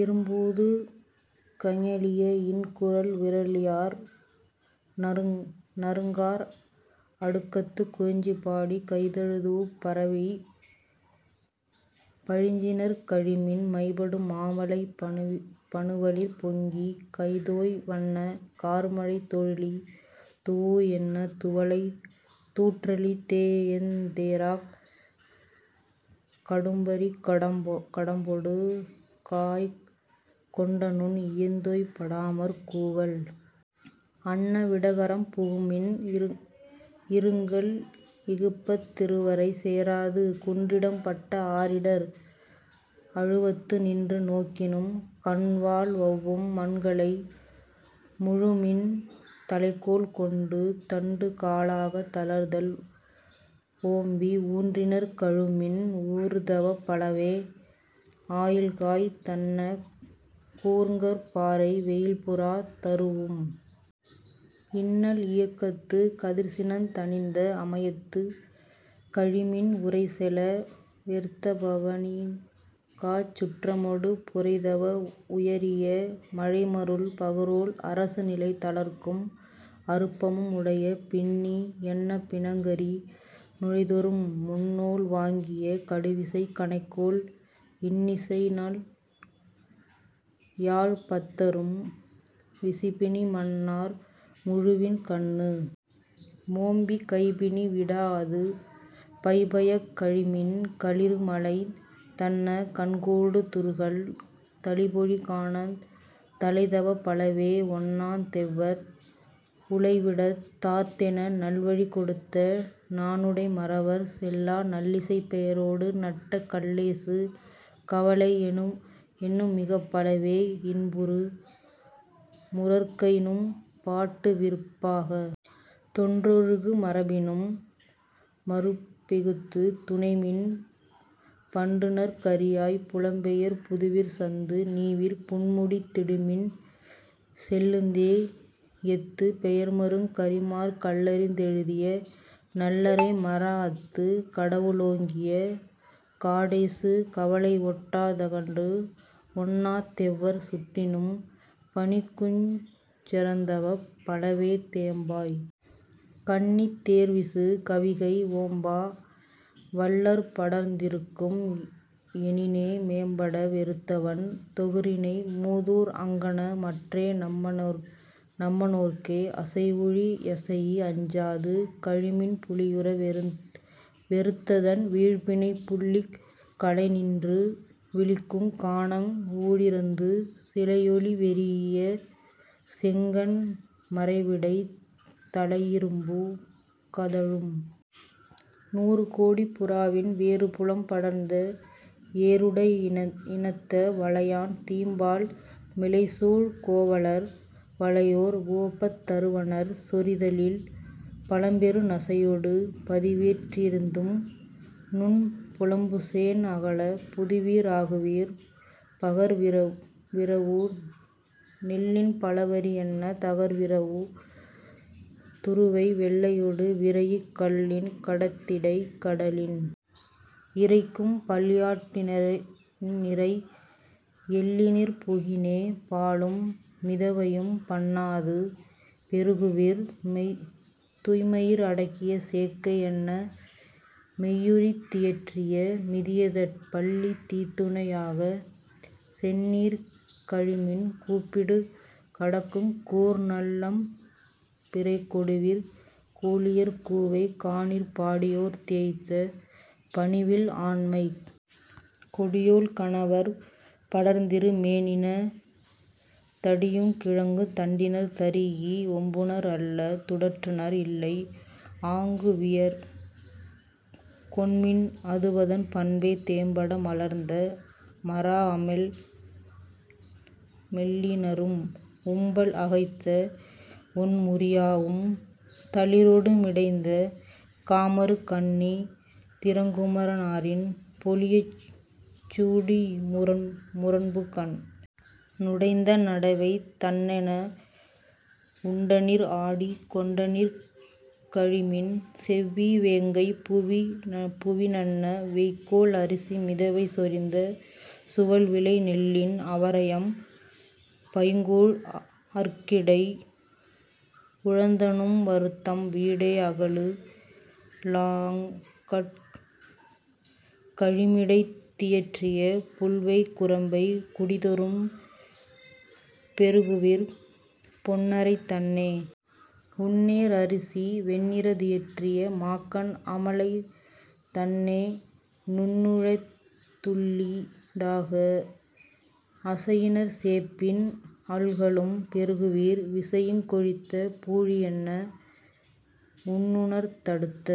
இறும்பூது கஞலிய இன்குரல் விறலியர் நறுங்கார் அடுக்கத்துக் குறிஞ்சி பாடிக் கைதொழூஉப் பரவிப் பழிச்சினிர் கழிமின் மைபடு மாமலை பனுவலிற் பொங்கிக் கைதோய் வன்ன கார்மழைத் தொழுதி தூஉ யன்ன துவலை தூற்றலின் தேஎந் தேறாக் கடும்பரிக் கடும்பொடு காஅய்க் கொண்டநும் இயந்தொய் படாமற் கூவல் அன்ன விடரகம் புகுமின் இருங்கல் இகுப்பத் திறுவரை சேராது குன்றிடம் பட்ட ஆரிடர் அழுவத்து நின்று நோக்கினும் கண்வாள் வெளவும் மண்கனை முழவின் தலைக்கோல் கொண்டு தண்டுகா லாகத் தளர்தல் ஓம்பி ஊன்றினிர் கழிமின் ஊறுதவப் பலவே அயில்காய்ந் தன்ன கூர்ங்கற் பாறை வெயில்புறந் தரூஉம் இன்னல் இயக்கத்துக் கதிர்சினந் தணிந்த அமயத்துக் கழிமின் உரைசெல வெறுத்தவவ னீங்காச் சுற்றமொடு புரைதவ உயரிய மழைமருள் பஃறோல் அரசுநிலை தளர்க்கும் அருப்பமும் உடைய பின்னி யன்ன பிணங்கரி னுழைதொறும் முன்னோன் வாங்கிய கடுவிசைக் கணைக்கோல் இன்னிசை நல்யாழ்ப் பத்தரும் விசிபிணி மண்ணார் முழவின் கண்ணு மோம்பிக் கைபிணி விடாஅது பைபயக் கழிமின் களிறுமலைந் தன்ன கண்கூடு துறுகல் தளிபொழி கானந் தலைதவப் பலவே ஒன்னாத் தெவ்வர் உலைவிடத் தார்த்தென நல்வழிக் கொடுத்த நாணுடை மறவர் செல்லா நல்லிசைப் பெயரொடு நட்ட கல்லேசு கவலை எண்ணுமிகப் பலவே இன்புறு முரற்கைநும் பாட்டுவிருப் பாகத் தொன்றொழுகு மரபினும் மருப்பிகுத்துத் துனைமின் பண்டுநற் கறியாப் புலம்பெயர் புதுவிர் சந்து நீவிப் புன்முடிந் திடுமின் செல்லுந் தேஎத்துப் பெயர்மருங் கறிமார் கல்லெறிந் தெழுதிய நல்லரை மராஅத்து கடவு ளோங்கிய காடேசு கவலை ஒட்டா தகன்ற ஒன்னாத் தெவ்வர் சுட்டினும் பனிக்குஞ் சுரந்தவப் பலவே தேம்பாய் கண்ணித் தேர்வீசு கவிகை ஓம்பா வள்ளற் படர்ந்திகும் எனினே மேம்பட வெறுத்தவன் தொஃறிணை மூதூர் ஆங்கன மற்றே நம்ம னோர்க்கே அசைவுழி யசைஇ அஞ்சாது கழிமின் புலியுற வெறுத்ததன் வீழ்பிணை யுள்ளிக் கலைநின்று விளிக்குங் கானம் ஊழிறந்து சிலையொலி வெரீஇய செங்கண் மரைவிடை தலையிரும்பு கதழும் நாறுகொடிப் புறவின் வேறுபுலம் படர்ந்த ஏறுடை இனத்த வளையான் தீம்பால் மிளைசூழ் கோவலர் வளையோர் உவப்பத் தருவனர் சொரிதலின் பலம்பெறு நசையொடு பதிவயிற் றீர்ந்தநும் புலம்புசேண் அகலப் புதுவிர் ஆகுவிர் பகர்விரவு நெல்லின் பலவரி யன்ன தகர்விரவு துருவை வெள்ளையொடு விரைஇக் கல்லென் கடத்திடைக் கடலின் இரைக்கும் பல்யாட் டினநிரை எல்லினிர் புகினே பாலும் மிதவையும் பண்ணாது பெறுகுவிர் துய்ம்மயிர் அடக்கிய சேக்கை யன்ன மெய்யுரித் தியற்றிய மிதியதட் பள்ளித் தீத்துணை யாகச் செந்நீர் கழிமின் கூப்பிடு கடக்குங் கூர்நல் லம்பிற் கொடுவிற் கூளியர் கூவை காணிற் படியோர்த் தேய்த்த பணிவில் ஆண்மைக் கொடியோள் கணவற் படர்ந்திகு மெனினே தடியுங் கிழங்குந் தண்டினர் தரீஇ ஓம்புநர் அல்ல துடற்றுநர் இல்லை ஆங்குவியங் கொண்மின் அதுவதன் பண்பே தேம்பட மலர்ந்த மராஅமெல் லிணரும் உம்பல் அகைத்த ஒண்முறி யாவும் தளிரொடு மிடைந்த காமரு கண்ணி திரங்குமர னாரிற் பொலியச் சூடி முரம்புகண் ணுடைந்த நடவை தண்ணென உண்டனிர் ஆடிக் கொண்டனிர் கழிமின் செவ்வீ வேங்கைப் பூவி னன்ன வேய்கொள் அரிசி மிதவை சொரிந்த சுவல்விளை நெல்லின் அவரையம் பைங்கூழ் அற்கிடை உழந்தநும் வருத்தம் வீட அகலு ளாங்கட் கழிமிடைந் தியற்றிய புல்வேய் குரம்பைக் குடிதொறும் பெறுகுவிர் பொன்னறைந் தன்ன நுண்ணேர் அரிசி வெண்ணெறிந் தியற்றிய மாக்கண் அமலை தண்ணெ ணுண்ணிழு துள்ளீ டாக அசையினிர் சேப்பின் அல்கலும் பெறுகுவிர் விசையங் கொழித்த பூழி யன்ன உண்நர்த் தடுத்த